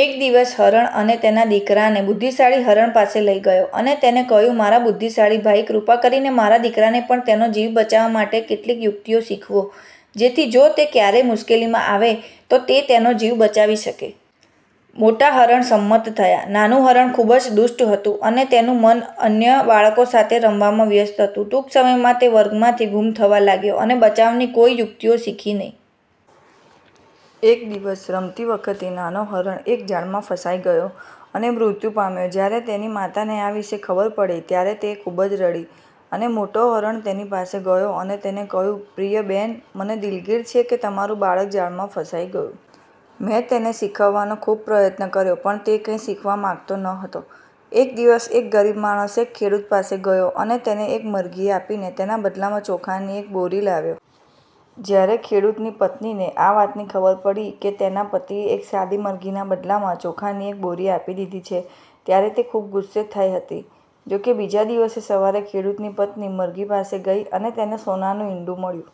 એક દિવસ એક હરણ તેના દીકરાને એક બુદ્ધિશાળી હરણ પાસે લઈ ગયો, અને તેને કહ્યું, "મારા બુદ્ધિશાળી ભાઈ, કૃપા કરીને મારા દીકરાને પણ તેનો જીવ બચાવવા માટે કેટલીક યુક્તિઓ શીખવો, જેથી જો તે ક્યારેય મુશ્કેલીમાં આવે તો તે તેનો જીવ બચાવી શકે. " મોટા હરણ સંમત થયા. નાનું હરણ ખૂબ જ દુષ્ટ હતું અને તેનું મન અન્ય બાળકો સાથે રમવામાં વ્યસ્ત હતું. ટૂંક સમયમાં, તે વર્ગમાંથી ગુમ થવા લાગ્યો અને બચાવની કોઈ યુક્તિઓ શીખી નહીં. એક દિવસ, રમતી વખતે, નાનો હરણ એક જાળમાં ફસાઈ ગયો, અને મુર્ત્યુ પામ્યો. જ્યારે તેની માતાને આ વિશે ખબર પડી, ત્યારે તે ખૂબ જ રડી અને, મોટો હરણ તેની પાસે ગયો અને તેને કહ્યું, "પ્રિય બહેન, મને દિલગીર છે કે તમારું બાળક જાળમાં ફસાઈ ગયું. મેં તેને શીખવવાનો ખૂબ પ્રયત્ન કર્યો, પણ તે કંઈ શીખવા માંગતો ન હતો. એક દિવસ એક ગરીબ માણસ એક ખેડૂત પાસે ગયો અને તેને એક મરઘી આપીને તેના બદલા માં ચોખાની એક બોરી લાવ્યો. જ્યારે ખેડૂતની પત્નીને આ વાત ની ખબર પડી કે, તેના પતિએ એક સાદી મરઘીના બદલામાં ચોખાની એક બોરી આપી દીધી છે, ત્યારે તે ખૂબ ગુસ્સે થાય હતી. જોકે, બીજા દિવસે સવારે ખેડૂતની પત્ની મરઘી પાસે ગઈ અને તેને સોનાનું ઈંડું મળ્યું.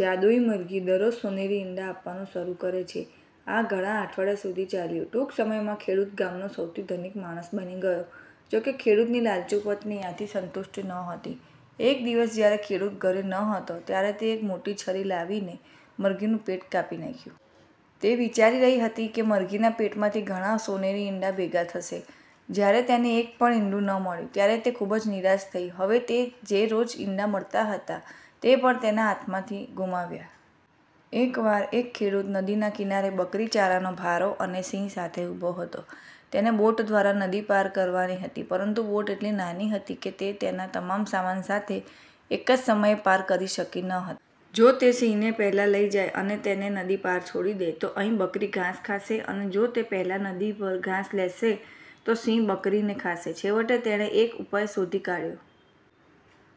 જાદુઈ મરઘી દરરોજ સોનેરી ઇંડા આપવાનું શરૂ કરે છે. આ ઘણા અઠવાડિયા સુધી ચાલ્યું. ટૂંક સમયમાં ખેડૂત ગામનો સૌથી ધનિક માણસ બની ગયો. જોકે, ખેડૂતની લાલચુ પત્ની આથી સંતુષ્ટ નહોતી. એક દિવસ જ્યારે ખેડૂત ઘરે ન હતો, ત્યારે તે એક મોટી છરી લાવી ને અને મરઘીનું પેટ કાપી નાખ્યું. તે વિચારી રહી હતી કે મરઘીના પેટમાંથી બધા સોનેરી ઇંડા ભેગા થશે. જ્યારે તેને એક પણ ઇંડુ ન મળ્યું ત્યારે તે ખૂબ જ નિરાશ થઈ. હવે તેને જે રોજ ઈંડા મળતા હતા, તેણે પણ તેના હાથમાંથી ગુમાવ્યા. એકવાર એક ખેડૂત નદીના કિનારે બકરી, ચારાનો ભારો અને સિંહ સાથે ઉભો હતો. તેને બોટ દ્વારા નદી પાર કરવાની હતી પરંતુ બોટ એટલી નાની હતી કે તે તેના તમામ સામાન સાથે એક જ સમયે પાર કરી શકતી ન હતી. જો તે સિંહને પહેલા લઈ જાય અને તેને નદી પાર છોડી દે, તો અહીં બકરી ઘાસ ખાશે અને જો તે પહેલા નદી પાર ઘાસ લેશે તો સિંહ બકરીને ખાશે. છેવટે તેણે એક ઉપાય શોધી કા્યો.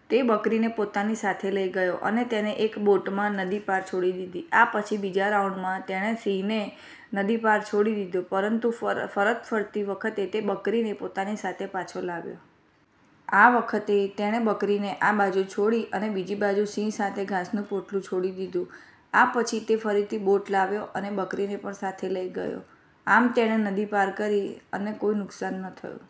તે બકરીને પોતાની સાથે લઈ ગયો અને તેને એક બોટમાં નદી પાર છોડી દીધી. આ પછી, બીજા રાઉન્ડમાં, તેણે સિંહને નદી પાર છોડી દીધો પરંતુ પરત ફરતી વખતે તે બકરીને પોતાની સાથે પાછો લાવ્યો. આ વખતે તેણે બકરીને આ બાજુ છોડી અને બીજી બાજુ સિંહ સાથે ઘાસનું પોટલું છોડી દીધું. આ પછી તે ફરીથી બોટ લાવ્યો અને બકરીને પણ સાથે લઈ ગયો. આમ, તેણે નદી પાર કરી અને કોઈ નુકશાન ન થયું.